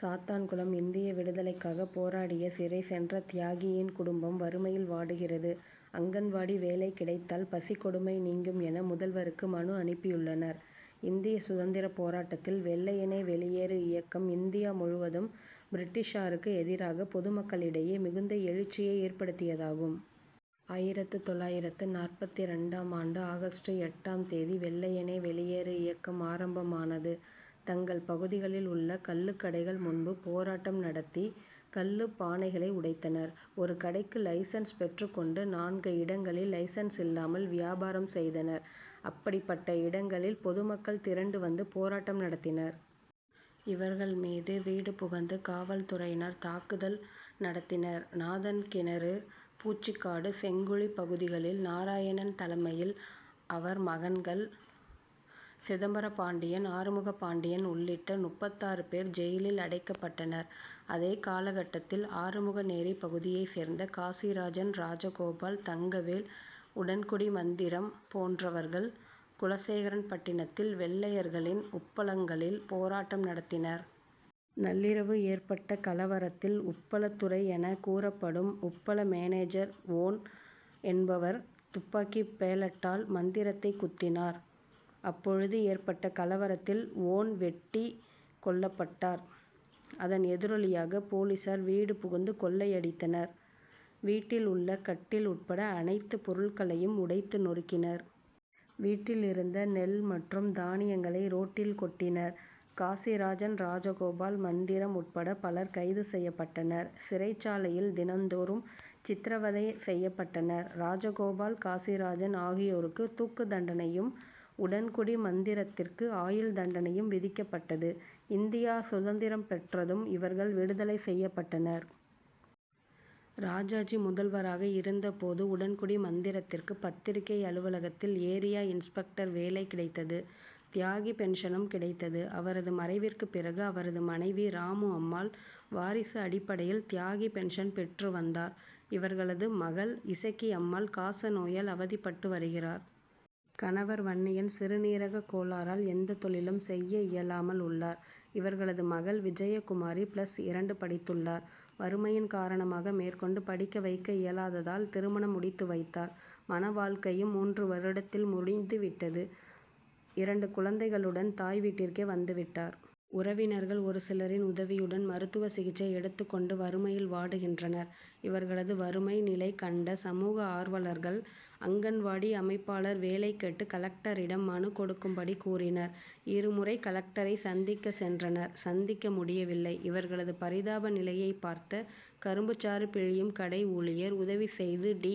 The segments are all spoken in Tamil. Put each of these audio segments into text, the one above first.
சாத்தான்குளம் இந்திய விடுதலைக்காக போராடிய சிறை சென்ற தியாகியின் குடும்பம் வறுமையில் வாடுகிறது. அங்கன்வாடி வேலை கிடைத்தால் பசிக் கொடுமை நீங்கும் என முதல்வருக்கு மனு அனுப்பியுள்ளனர். இந்திய சுதந்திரப் போராட்டத்தில் வெள்ளையனே வெளியேறு இயக்கம் இந்தியா முழுவதும் பிரிட்டிஷாருக்கு எதிராக பொதுமக்களிடையே மிகுந்த எழுச்சியை ஏற்படுத்தியதாகும். ஆயிரத்து தொள்ளாயிரத்து நாற்பத்திரண்டாம் ஆண்டு ஆகஸ்டு எட்டாம் தேதி வெள்ளையனே வெளியேறு இயக்கம் ஆரம்பமானது. தங்கள் பகுதிகளில் உள்ள கள்ளுக்கடைகள் முன்பு போராட்டம் நடத்தி கள்ளுப் பானைகளை உடைத்தனர். ஒரு கடைக்கு லைசன்ஸ் பெற்றுக் கொண்டு நான்கு இடங்களில் லைசன்ஸ் இல்லாமல் வியாபாரம் செய்தனர். அப்படிப்பட்ட இடங்களில் பொதுமக்கள் திரண்டு வந்து போராட்டம் நடத்தினர். இவர்கள் மீது வீடு புகுந்து காவல்துறையினர் தாக்குதல் நடத்தினர். நாதன்கிணறு பூச்சிக்காடு செங்குழி பகுதிகளில் நாராயணன் தலைமையில் அவர் மகன்கள் சிதம்பர பாண்டியன் ஆறுமுகப் பாண்டியன் உள்ளிட்ட முப்பத்தாறு பேர் ஜெயிலில் அடைக்கப்பட்டனர். அதே காலகட்டத்தில் ஆறுமுகநேரி பகுதியைச் சேர்ந்த காசிராஜன் ராஜகோபால் தங்கவேல் உடன்குடி மந்திரம் போன்றவர்கள் குலசேகரன்பட்டிணத்தில் வெள்ளையர்களின் உப்பளங்களில் போராட்டம் நடத்தினர். நள்ளிரவு ஏற்பட்ட கலவரத்தில் உப்பளத் துரை என கூறப்படும் உப்பள மேனேஜர் வோன் என்பவர் துப்பாக்கி பேளட்டால் மந்திரத்தை குத்தினார். அப்பொழுது ஏற்பட்ட கலவரத்தில் வோன் வெட்டிக் கொல்லப்பட்டார். அதன் எதிரொலியாக போலீசார் வீடு புகுந்து கொள்ளையடித்தனர். வீட்டில் உள்ள கட்டில் உட்பட அனைத்து பொருட்களையும் உடைத்து நொறுக்கினர். வீட்டில் இருந்த நெல் மற்றும் தானியங்களை ரோட்டில் கொட்டினர். காசிராஜன் ராஜகோபால் மந்திரம் உட்பட பலர் கைது செய்யப்பட்டனர். சிறைச்சாலையில் தினந்தோறும் சித்திரவதை செய்யப்பட்டனர். ராஜகோபால் காசிராஜன் ஆகியோருக்கு தூக்குதண்டனையும் உடன்குடி மந்திரத்திற்கு ஆயுள் தண்டனையும் விதிக்கப்பட்டது. இந்தியா சுதந்திரம் பெற்றதும் இவர்கள் விடுதலை செய்யப்பட்டனர். ராஜாஜி முதல்வராக இருந்த போது உடன்குடி மந்திரத்திற்கு பத்திரிக்கை அலுவலகத்தில் ஏரியா இன்ஸ்பெக்டர் வேலை கிடைத்தது. தியாகி பென்ஷனும் கிடைத்தது. அவரது மறைவிற்குப் பிறகு அவரது மனைவி ராமு அம்மாள் வாரிசு அடிப்படையில் தியாகி பென்ஷன் பெற்று வந்தார். இவர்களது மகள் இசக்கிஅம்மாள் காசநோயால் அவதிப்பட்டு வருகிறார். கணவர் வன்னியன் சிறுநீரகக் கோளாறால் எந்த தொழிலும் செய்ய இயலாமல் உள்ளார். இவர்களது மகள் விஜயகுமாரி பிளஸ் இரண்டு படித்துள்ளார். வறுமையின் காரணமாக மேற்கொண்டு படிக்க வைக்க இயலாததால் திருமணம் முடித்து வைத்தார். மணவாழ்க்கையும் மூன்று வருடத்தில் முடிந்து விட்டது. இரண்டு குழந்தைகளுடன் தாய் வீட்டிற்கே வந்து விட்டார். உறவினர்கள் ஒருசிலரின் உதவியுடன் மருத்துவசிகிச்சை எடுத்துக் கொண்டு வறுமையில் வாடுகின்றனர். இவர்களது வறுமை நிலை கண்ட சமூக ஆர்வலர்கள் அங்கன்வாடி அமைப்பாளர் வேலை கேட்டு கலெக்டரிடம் மனு கொடுக்கும்படி கூறினர். இருமுறை கலெக்டரைச் சந்திக்கச் சென்றனர். சந்திக்க முடியவில்லை. இவர்களது பரிதாப நிலையைப் பார்த்த கரும்புச்சாறு பிழியும் கடை ஊழியர் உதவி செய்து டி.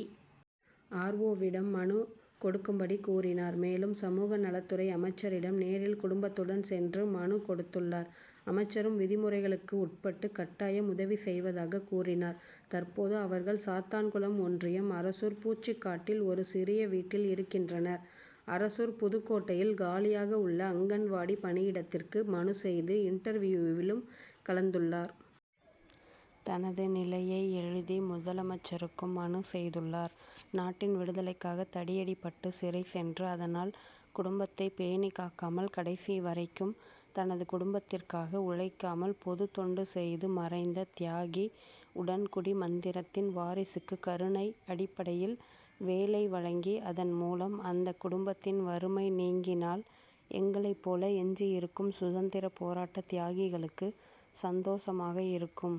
ஆர். ஓ.விடம் மனு கொடுக்கும்படி கூறினார். மேலும் சமூக நலத்துறை அமைச்சரிடம் நேரில் குடும்பத்துடன் சென்று மனு கொடுத்துள்ளார். அமைச்சரும் விதிமுறைகளுக்கு உட்பட்டு கட்டாயம் உதவிசெய்வதாகக் கூறினார். தற்போது அவர்கள் சாத்தான்குளம் ஒன்றியம் அரசூர் பூச்சிக்காட்டில் ஒரு சிறிய வீட்டில் இருக்கின்றனர். அரசூர் புதுக்கோட்டையில் காலியாக உள்ள அங்கன்வாடி பணியிடத்திற்கு மனு செய்து இண்டர்வியூவிலும் கலந்துள்ளார். தனது நிலையை எழுதி முதலமைச்சருக்கும் மனு செய்துள்ளார். நாட்டின் விடுதலைக்காக தடியடிபட்டு சிறை சென்று அதனால் குடும்பத்தைப் பேணி காக்காமல் கடைசிவரைக்கும் தனது குடும்பத்திற்காக உழைக்காமல் பொதுத் தொண்டு செய்து மறைந்த தியாகி உடன்குடி மந்திரத்தின் வாரிசுக்கு கருணை அடிப்படையில் வேலை வழங்கி அதன் மூலம் அந்த குடும்பத்தின் வறுமை நீங்கினால் எங்களைப் போல எஞ்சியிருக்கும் சுதந்திரப் போராட்ட தியாகிகளுக்கு சந்தோசமாக இருக்கும்.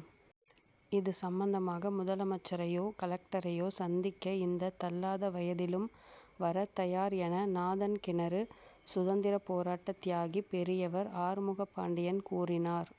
இது சம்பந்தமாக முதலமைச்சரையோ கலெக்டரையோ சந்திக்க இந்த தள்ளாதவயதிலும் வரத் தயார் என நாதன்கிணறு சுதந்திரப் போராட்டத் தியாகி பெரியவர் ஆறுமுகப்பாண்டியன் கூறினார்.